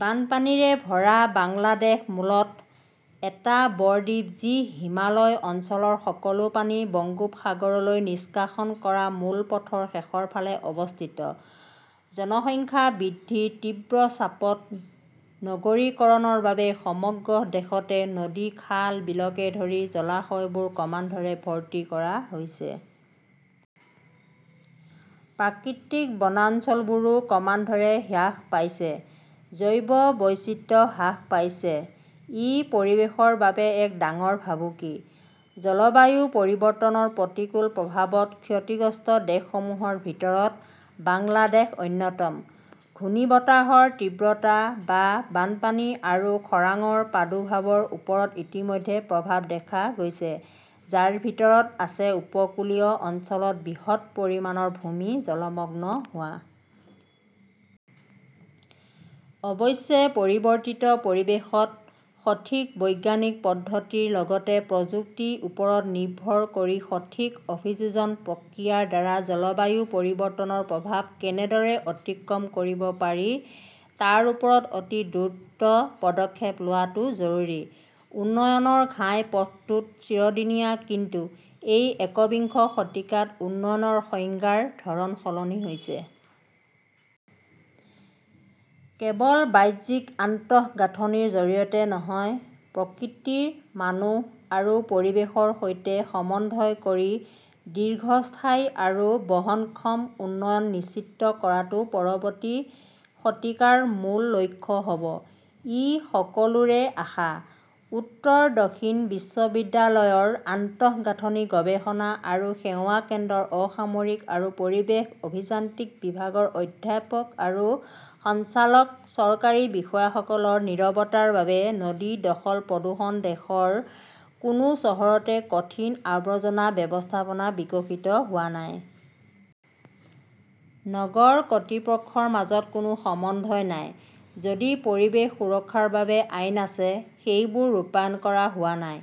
বানপানীৰে ভৰা বাংলাদেশ মূলতঃ এটা ব-দ্বীপ, যি হিমালয় অঞ্চলৰ সকলো পানী বংগোপসাগৰলৈ নিষ্কাশন কৰা মূল পথৰ শেষৰ ফালে অৱস্থিত। জনসংখ্যা বৃদ্ধিৰ তীব্ৰ চাপত নগৰীকৰণৰ বাবে সমগ্ৰ দেশতে নদী-খাল-বিলকে ধৰি জলাশয়বোৰ ক্ৰমান্বয়ে ভৰ্তি কৰা হৈছে। প্ৰাকৃতিক বনাঞ্চলবোৰো ক্ৰমান্বয়ে হ্ৰাস পাইছে, জৈৱ বৈচিত্ৰ্য হ্ৰাস পাইছে। ই পৰিৱেশৰ বাবে এক ডাঙৰ ভাবুকি। জলবায়ু পৰিৱৰ্তনৰ প্ৰতিকূল প্ৰভাৱত ক্ষতিগ্ৰস্ত দেশসমূহৰ ভিতৰত বাংলাদেশ অন্যতম। ঘূৰ্ণীবতাহৰ তীব্ৰতা বা বানপানী আৰু খৰাঙৰ প্ৰাদুৰ্ভাৱৰ ওপৰত ইতিমধ্যে প্ৰভাৱ দেখা গৈছে, যাৰ ভিতৰত আছে উপকূলীয় অঞ্চলত বৃহৎ পৰিমাণৰ ভূমি জলমগ্ন হোৱা। অৱশ্যে, পৰিৱৰ্তিত পৰিৱেশত, সঠিক বৈজ্ঞানিক পদ্ধতিৰ লগতে প্ৰযুক্তিৰ ওপৰত নিৰ্ভৰ কৰি সঠিক অভিযোজন প্ৰক্ৰিয়াৰ দ্বাৰা জলবায়ু পৰিৱৰ্তনৰ প্ৰভাৱ কেনেদৰে অতিক্ৰম কৰিব পাৰি তাৰ ওপৰত অতি দ্ৰুত পদক্ষেপ লোৱাটো জৰুৰী। "উন্নয়নৰ ঘাইপথটোত চিৰিদিনীয়া", কিন্তু এই একবিংশ শতিকাত উন্নয়নৰ সংজ্ঞাৰ ধৰণ সলনি হৈছে। কেৱল বাহ্যিক আন্তঃগাঁথনিৰ জৰিয়তে নহয়, প্ৰকৃতি, মানুহ আৰু পৰিৱেশৰ সৈতে সমন্বয় কৰি দীৰ্ঘস্থায়ী আৰু বহনক্ষম উন্নয়ন নিশ্চিত কৰাটো পৰৱৰ্তী শতিকাৰ মূল লক্ষ্য হ'ব-ই সকলোৰে আশা। উত্তৰ দক্ষিণ বিশ্ববিদ্যালয়ৰ আন্তঃগাঁথনি গৱেষণা আৰু সেৱা কেন্দ্ৰৰ অসামৰিক আৰু পৰিৱেশ অভিযান্ত্ৰিক বিভাগৰ অধ্যাপক আৰু সঞ্চালক, চৰকাৰী বিষয়াসকলৰ নীৰৱতাৰ বাবে নদী দখল-প্ৰদূষণ দেশৰ কোনো চহৰতে কঠিন আৱৰ্জনা ব্যৱস্থাপনা বিকশিত হোৱা নাই। নগৰ কৰ্তৃপক্ষৰ মাজত কোনো সমন্বয় নাই। যদিও পৰিৱেশ সুৰক্ষাৰ বাবে আইন আছে, সেইবোৰ ৰূপায়ণ কৰা হোৱা নাই।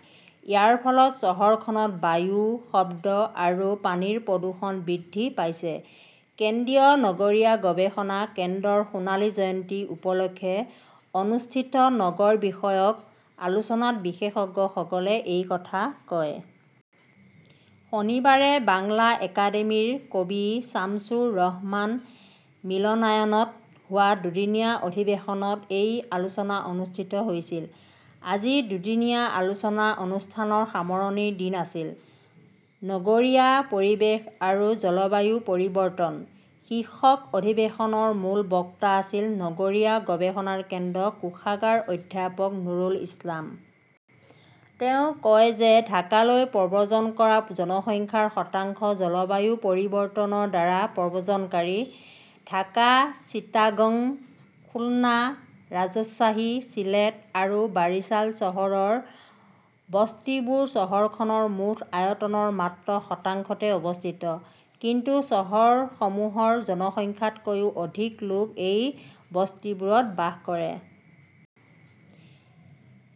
ইয়াৰ ফলত চহৰখনত বায়ু, শব্দ আৰু পানীৰ প্ৰদূষণ বৃদ্ধি পাইছে। কেন্দ্ৰীয় নগৰীয়া গৱেষণা কেন্দ্ৰৰ সোণালী জয়ন্তী উপলক্ষে অনুষ্ঠিত নগৰ বিষয়ক আলোচনাত বিশেষজ্ঞসকলে এই কথা কয়। শনিবাৰে বাংলা একাডেমীৰ কবি ছামছুৰ ৰহমান মিলনায়তনত হোৱা দুদিনীয়া অধিৱেশনত এই আলোচনা অনুষ্ঠিত হৈছিল। আজি দুদিনীয়া আলোচনা অনুষ্ঠানৰ সামৰণিৰ দিন আছিল। "নগৰীয়া পৰিৱেশ আৰু জলবায়ু পৰিৱৰ্তন" শীৰ্ষক অধিৱেশনৰ মূল বক্তা আছিল নগৰীয়া গৱেষণা কেন্দ্ৰৰ কোষাগাৰ অধ্যাপক নুৰুল ইছলাম। তেওঁ কয় যে ঢাকালৈ প্ৰব্ৰজন কৰা জনসংখ্যাৰ শতাংশ জলবায়ু পৰিৱৰ্তনৰ দ্বাৰা প্ৰব্ৰজনকাৰী। ঢাকা, চিটাগং, খুলনা, ৰাজশ্বাহী, চিলেট আৰু বাৰিছাল চহৰৰ বস্তিবোৰ চহৰখনৰ মুঠ আয়তনৰ মাত্ৰ শতাংশতে অৱস্থিত। কিন্তু চহৰসমূহৰ জনসংখ্যাতকৈও অধিক লোক এই বস্তিবোৰত বাস কৰে।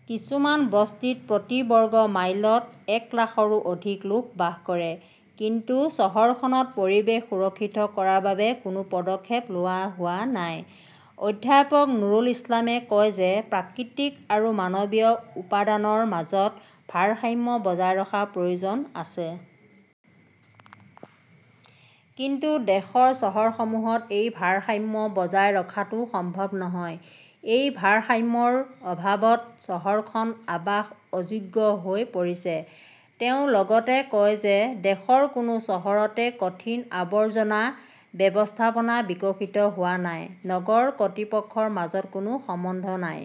কিছুমান বস্তিত প্ৰতি বৰ্গ মাইলত এক লাখৰো অধিক লোক বাস কৰে। কিন্তু চহৰখনত পৰিৱেশ সুৰক্ষিত কৰাৰ বাবে কোনো পদক্ষেপ লোৱা হোৱা নাই। অধ্যাপক নুৰুল ইছলামে কয় যে প্ৰাকৃতিক আৰু মানৱীয় উপাদানৰ মাজত ভাৰসাম্য বজাই ৰখাৰ প্ৰয়োজন আছে। কিন্তু দেশৰ চহৰসমূহত এই ভাৰসাম্য বজাই ৰখাটো সম্ভৱ নহয়। এই ভাৰসাম্যৰ অভাৱত চহৰখন আৱাস অযোগ্য হৈ পৰিছে। তেওঁ লগতে কয় যে দেশৰ কোনো চহৰতে কঠিন আৱৰ্জনা ব্যৱস্থাপনা বিকশিত হোৱা নাই। নগৰ কৰ্তৃপক্ষৰ মাজত কোনো সমন্বয় নাই।